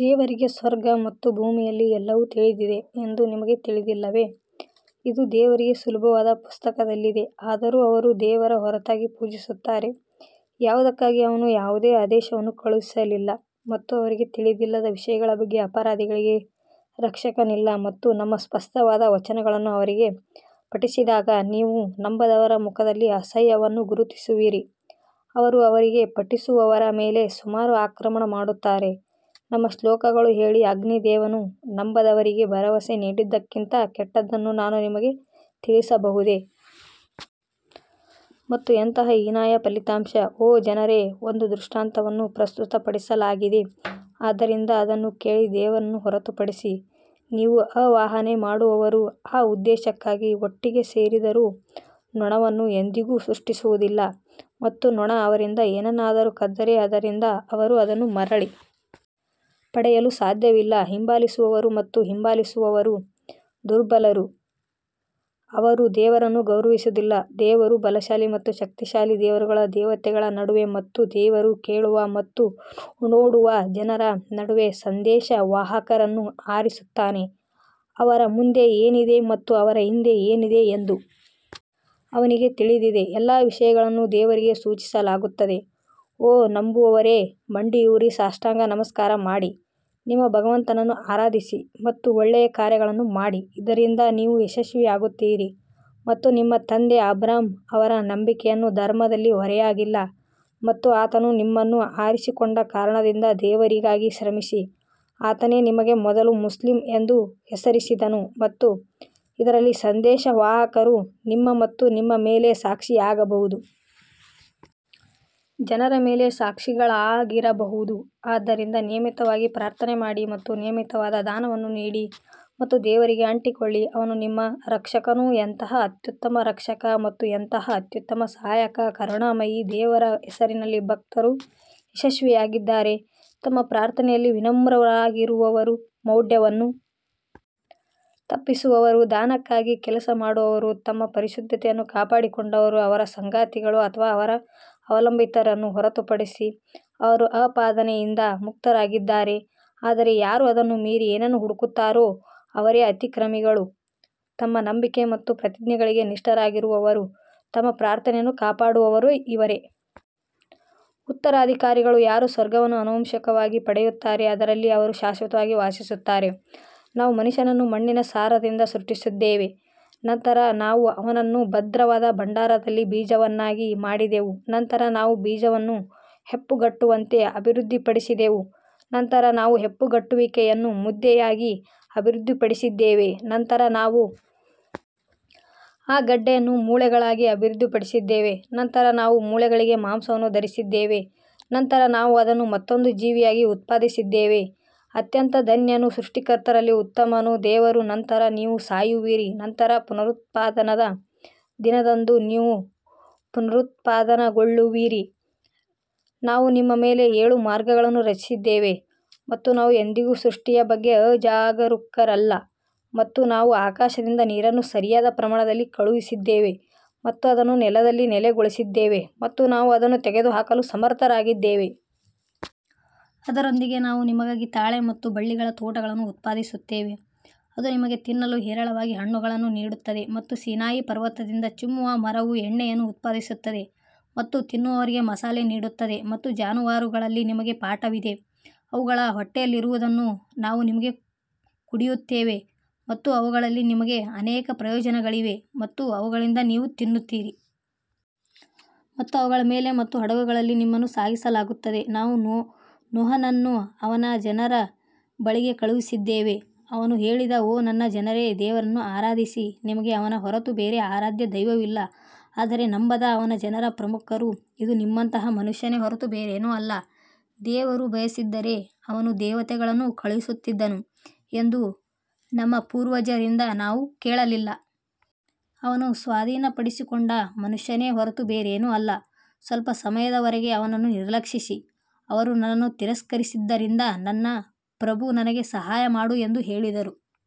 ದೇವರಿಗೆ ಸ್ವರ್ಗ ಮತ್ತು ಭೂಮಿಯಲ್ಲಿ ಎಲ್ಲವೂ ತಿಳಿದಿದೆ ಎಂದು ನಿಮಗೆ ತಿಳಿದಿಲ್ಲವೇ, ಇದು ದೇವರಿಗೆ ಸುಲಭವಾದ ಪುಸ್ತಕದಲ್ಲಿದೆ ಆದರೂ ಅವರು ದೇವರ ಹೊರತಾಗಿ ಪೂಜಿಸುತ್ತಾರೆ, ಯಾವುದಕ್ಕಾಗಿ ಅವನು ಯಾವುದೇ ಆದೇಶವನ್ನು ಕಳುಹಿಸಲಿಲ್ಲ ಮತ್ತು ಅವರಿಗೆ ತಿಳಿದಿಲ್ಲದ ವಿಷಯಗಳ ಬಗ್ಗೆ ಅಪರಾಧಿಗಳಿಗೆ ರಕ್ಷಕನಿಲ್ಲ. ಮತ್ತು ನಮ್ಮ ಸ್ಪಷ್ಟವಾದ ವಚನಗಳನ್ನು ಅವರಿಗೆ ಪಠಿಸಿದಾಗ ನೀವು ನಂಬದವರ ಮುಖದಲ್ಲಿ ಅಸಹ್ಯವನ್ನು ಗುರುತಿಸುವಿರಿ, ಅವರು ಅವರಿಗೆ ಪಠಿಸುವವರ ಮೇಲೆ ಸುಮಾರು ಆಕ್ರಮಣ ಮಾಡುತ್ತಾರೆ ನಮ್ಮ ಶ್ಲೋಕಗಳು ಹೇಳಿ, ಅಗ್ನಿದೇವನು ನಂಬದವರಿಗೆ ಭರವಸೆ ನೀಡಿದ್ದಕ್ಕಿಂತ ಕೆಟ್ಟದ್ದನ್ನು ನಾನು ನಿಮಗೆ ತಿಳಿಸಬಹುದೇ? ಮತ್ತು ಎಂತಹ ಹೀನಾಯ ಫಲಿತಾಂಶ ಓ ಜನರೇ ಒಂದು ದೃಷ್ಟಾಂತವನ್ನು ಪ್ರಸ್ತುತಪಡಿಸಲಾಗಿದೆ ಆದ್ದರಿಂದ ಅದನ್ನು ಕೇಳಿ ದೇವರನ್ನು ಹೊರತುಪಡಿಸಿ ನೀವು ಆವಾಹನೆ ಮಾಡುವವರು ಆ ಉದ್ದೇಶಕ್ಕಾಗಿ ಒಟ್ಟಿಗೆ ಸೇರಿದರೂ ನೊಣವನ್ನು ಎಂದಿಗೂ ಸೃಷ್ಟಿಸುವುದಿಲ್ಲ ಮತ್ತು ನೊಣ ಅವರಿಂದ ಏನನ್ನಾದರೂ ಕದ್ದರೆ ಅದರಿಂದ ಅವರು ಅದನ್ನು ಮರಳಿ ಪಡೆಯಲು ಸಾಧ್ಯವಿಲ್ಲ ಹಿಂಬಾಲಿಸುವವರು ಮತ್ತು ಹಿಂಬಾಲಿಸುವವರು ದುರ್ಬಲರು ಅವರು ದೇವರನ್ನು ಗೌರವಿಸುವುದಿಲ್ಲ, ದೇವರು ಬಲಶಾಲಿ ಮತ್ತು ಶಕ್ತಿಶಾಲಿ ದೇವರು ದೇವತೆಗಳ ನಡುವೆ ಮತ್ತು ದೇವರು ಕೇಳುವ ಮತ್ತು ನೋಡುವ ಜನರ ನಡುವೆ ಸಂದೇಶವಾಹಕರನ್ನು ಆರಿಸುತ್ತಾನೆ ಅವರ ಮುಂದೆ ಏನಿದೆ ಮತ್ತು ಅವರ ಹಿಂದೆ ಏನಿದೆ ಎಂದು ಅವನಿಗೆ ತಿಳಿದಿದೆ, ಎಲ್ಲಾ ವಿಷಯಗಳನ್ನು ದೇವರಿಗೆ ಸೂಚಿಸಲಾಗುತ್ತದೆ ಓ ನಂಬುವವರೇ ಮಂಡಿಯೂರಿ ಸಾಷ್ಟಾಂಗ ನಮಸ್ಕಾರ ಮಾಡಿ ನಿಮ್ಮ ಭಗವಂತನನ್ನು ಆರಾಧಿಸಿ ಮತ್ತು ಒಳ್ಳೆಯ ಕಾರ್ಯಗಳನ್ನು ಮಾಡಿ ಇದರಿಂದ ನೀವು ಯಶಸ್ವಿಯಾಗುತ್ತೀರಿ ಮತ್ತು ನಿಮ್ಮ ತಂದೆ ಅಬ್ರಹಾಂ ಅವರ ನಂಬಿಕೆಯನ್ನು ಧರ್ಮದಲ್ಲಿ ಹೊರೆಯಾಗಿಲ್ಲ ಮತ್ತು ಆತನು ನಿಮ್ಮನ್ನು ಆರಿಸಿಕೊಂಡ ಕಾರಣದಿಂದ ದೇವರಿಗಾಗಿ ಶ್ರಮಿಸಿ, ಆತನೇ ನಿಮಗೆ ಮೊದಲು ಮುಸ್ಲಿಂ ಎಂದು ಹೆಸರಿಸಿದನು ಮತ್ತು ಇದರಲ್ಲಿ ಸಂದೇಶವಾಹಕರು ನಿಮ್ಮ ಮತ್ತು ನಿಮ್ಮ ಮೇಲೆ ಸಾಕ್ಷಿಯಾಗಬಹುದು. ಜನರ ಮೇಲೆ ಸಾಕ್ಷಿಗಳಾಗಿರಬಹುದು ಆದ್ದರಿಂದ ನಿಯಮಿತವಾಗಿ ಪ್ರಾರ್ಥನೆ ಮಾಡಿ ಮತ್ತು ನಿಯಮಿತವಾದ ದಾನವನ್ನು ನೀಡಿ ಮತ್ತು ದೇವರಿಗೆ ಅಂಟಿಕೊಳ್ಳಿ ಅವನು ನಿಮ್ಮ ರಕ್ಷಕನು ಎಂತಹ ಅತ್ಯುತ್ತಮ ರಕ್ಷಕ ಮತ್ತು ಎಂತಹ ಅತ್ಯುತ್ತಮ ಸಹಾಯಕ ಕರುಣಾಮಯಿ ದೇವರ ಹೆಸರಿನಲ್ಲಿ ಭಕ್ತರು ಯಶಸ್ವಿಯಾಗಿದ್ದಾರೆ ತಮ್ಮ ಪ್ರಾರ್ಥನೆಯಲ್ಲಿ ವಿನಮ್ರರಾಗಿರುವವರು ಮೌಢ್ಯವನ್ನು ತಪ್ಪಿಸುವವರು ದಾನಕ್ಕಾಗಿ ಕೆಲಸ ಮಾಡುವವರು ತಮ್ಮ ಪರಿಶುದ್ಧತೆಯನ್ನು ಕಾಪಾಡಿಕೊಂಡವರು ಅವರ ಸಂಗಾತಿಗಳು ಅಥವಾ ಅವರ ಅವಲಂಬಿತರನ್ನು ಹೊರತುಪಡಿಸಿ ಅವರು ಆಪಾದನೆಯಿಂದ ಮುಕ್ತರಾಗಿದ್ದಾರೆ ಆದರೆ ಯಾರು ಅದನ್ನು ಮೀರಿ ಏನನ್ನು ಹುಡುಕುತ್ತಾರೋ ಅವರೇ ಅತಿಕ್ರಮಿಗಳು ತಮ್ಮ ನಂಬಿಕೆ ಮತ್ತು ಪ್ರತಿಜ್ಞೆಗಳಿಗೆ ನಿಷ್ಠರಾಗಿರುವವರು ತಮ್ಮ ಪ್ರಾರ್ಥನೆಯನ್ನು ಕಾಪಾಡುವವರು ಇವರೇ ಉತ್ತರಾಧಿಕಾರಿಗಳು ಯಾರು ಸ್ವರ್ಗವನ್ನು ಆನುವಂಶಿಕವಾಗಿ ಪಡೆಯುತ್ತಾರೆ, ಅದರಲ್ಲಿ ಅವರು ಶಾಶ್ವತವಾಗಿ ವಾಸಿಸುತ್ತಾರೆ ನಾವು ಮನುಷ್ಯನನ್ನು ಮಣ್ಣಿನ ಸಾರದಿಂದ ಸೃಷ್ಟಿಸಿದ್ದೇವೆ ನಂತರ ನಾವು ಅವನನ್ನು ಭದ್ರವಾದ ಭಂಡಾರದಲ್ಲಿ ಬೀಜವನ್ನಾಗಿ ಮಾಡಿದೆವು ನಂತರ ನಾವು ಬೀಜವನ್ನು ಹೆಪ್ಪುಗಟ್ಟುವಂತೆ ಅಭಿವೃದ್ಧಿಪಡಿಸಿದೆವು ನಂತರ ನಾವು ಹೆಪ್ಪುಗಟ್ಟುವಿಕೆಯನ್ನು ಮುದ್ದೆಯಾಗಿ ಅಭಿವೃದ್ಧಿಪಡಿಸಿದ್ದೇವೆ ನಂತರ ನಾವು ಆ ಗಡ್ಡೆಯನ್ನು ಮೂಳೆಗಳಾಗಿ ಅಭಿವೃದ್ಧಿಪಡಿಸಿದ್ದೇವೆ ನಂತರ ನಾವು ಮೂಳೆಗಳಿಗೆ ಮಾಂಸವನ್ನು ಧರಿಸಿದ್ದೇವೆ ನಂತರ ನಾವು ಅದನ್ನು ಮತ್ತೊಂದು ಜೀವಿಯಾಗಿ ಉತ್ಪಾದಿಸಿದ್ದೇವೆ ಅತ್ಯಂತ ಧನ್ಯನು ಸೃಷ್ಟಿಕರ್ತರಲ್ಲಿ ಉತ್ತಮನು ದೇವರು ನಂತರ ನೀವು ಸಾಯುವಿರಿ ನಂತರ ಪುನರುತ್ಥಾನದ ದಿನದಂದು ನೀವು ಪುನರುತ್ಥಾನಗೊಳ್ಳುವಿರಿ ನಾವು ನಿಮ್ಮ ಮೇಲೆ ಏಳು ಮಾರ್ಗಗಳನ್ನು ರಚಿಸಿದ್ದೇವೆ ಮತ್ತು ನಾವು ಎಂದಿಗೂ ಸೃಷ್ಟಿಯ ಬಗ್ಗೆ ಅಜಾಗರೂಕರಲ್ಲ ಮತ್ತು ನಾವು ಆಕಾಶದಿಂದ ನೀರನ್ನು ಸರಿಯಾದ ಪ್ರಮಾಣದಲ್ಲಿ ಕಳುಹಿಸಿದ್ದೇವೆ ಮತ್ತು ಅದನ್ನು ನೆಲದಲ್ಲಿ ನೆಲೆಗೊಳಿಸಿದ್ದೇವೆ ಮತ್ತು ನಾವು ಅದನ್ನು ತೆಗೆದುಹಾಕಲು ಸಮರ್ಥರಾಗಿದ್ದೇವೆ. ಅದರೊಂದಿಗೆ ನಾವು ನಿಮಗಾಗಿ ತಾಳೆ ಮತ್ತು ಬಳ್ಳಿಗಳ ತೋಟಗಳನ್ನು ಉತ್ಪಾದಿಸುತ್ತೇವೆ ಅದು ನಿಮಗೆ ತಿನ್ನಲು ಹೇರಳವಾಗಿ ಹಣ್ಣುಗಳನ್ನು ನೀಡುತ್ತದೆ ಮತ್ತು ಸೀನಾಯಿ ಪರ್ವತದಿಂದ ಚಿಮ್ಮುವ ಮರವು ಎಣ್ಣೆಯನ್ನು ಉತ್ಪಾದಿಸುತ್ತದೆ ಮತ್ತು ತಿನ್ನುವವರಿಗೆ ಮಸಾಲೆ ನೀಡುತ್ತದೆ ಮತ್ತು ಜಾನುವಾರುಗಳಲ್ಲಿ ನಿಮಗೆ ಪಾಠವಿದೆ, ಅವುಗಳ ಹೊಟ್ಟೆಯಲ್ಲಿರುವುದನ್ನು ನಾವು ನಿಮಗೆ ಕುಡಿಯುತ್ತೇವೆ ಮತ್ತು ಅವುಗಳಲ್ಲಿ ನಿಮಗೆ ಅನೇಕ ಪ್ರಯೋಜನಗಳಿವೆ ಮತ್ತು ಅವುಗಳಿಂದ ನೀವು ತಿನ್ನುತ್ತೀರಿ. ಮತ್ತು ಅವುಗಳ ಮೇಲೆ ಮತ್ತು ಹಡಗುಗಳಲ್ಲಿ ನಿಮ್ಮನ್ನು ಸಾಗಿಸಲಾಗುತ್ತದೆ ನಾವು ನೋಹನನ್ನು ಅವನ ಜನರ ಬಳಿಗೆ ಕಳುಹಿಸಿದ್ದೇವೆ ಅವನು ಹೇಳಿದ ಓ ನನ್ನ ಜನರೇ ದೇವರನ್ನು ಆರಾಧಿಸಿ ನಿಮಗೆ ಅವನ ಹೊರತು ಬೇರೆ ಆರಾಧ್ಯ ದೈವವಿಲ್ಲ ಆದರೆ ನಂಬದ ಅವನ ಜನರ ಪ್ರಮುಖರು, ಇದು ನಿಮ್ಮಂತಹ ಮನುಷ್ಯನೇ ಹೊರತು ಬೇರೇನೂ ಅಲ್ಲ, ದೇವರು ಬಯಸಿದ್ದರೆ ಅವನು ದೇವತೆಗಳನ್ನು ಕಳುಹಿಸುತ್ತಿದ್ದನು ಎಂದು ನಮ್ಮ ಪೂರ್ವಜರಿಂದ ನಾವು ಕೇಳಲಿಲ್ಲ. ಅವನು ಸ್ವಾಧೀನಪಡಿಸಿಕೊಂಡ ಮನುಷ್ಯನೇ ಹೊರತು ಬೇರೇನೂ ಅಲ್ಲ, ಸ್ವಲ್ಪ ಸಮಯದವರೆಗೆ ಅವನನ್ನು ನಿರ್ಲಕ್ಷಿಸಿ ಅವರು ನನ್ನನ್ನು ತಿರಸ್ಕರಿಸಿದ್ದರಿಂದ ನನ್ನ ಪ್ರಭು ನನಗೆ ಸಹಾಯ ಮಾಡು ಎಂದು ಹೇಳಿದರು.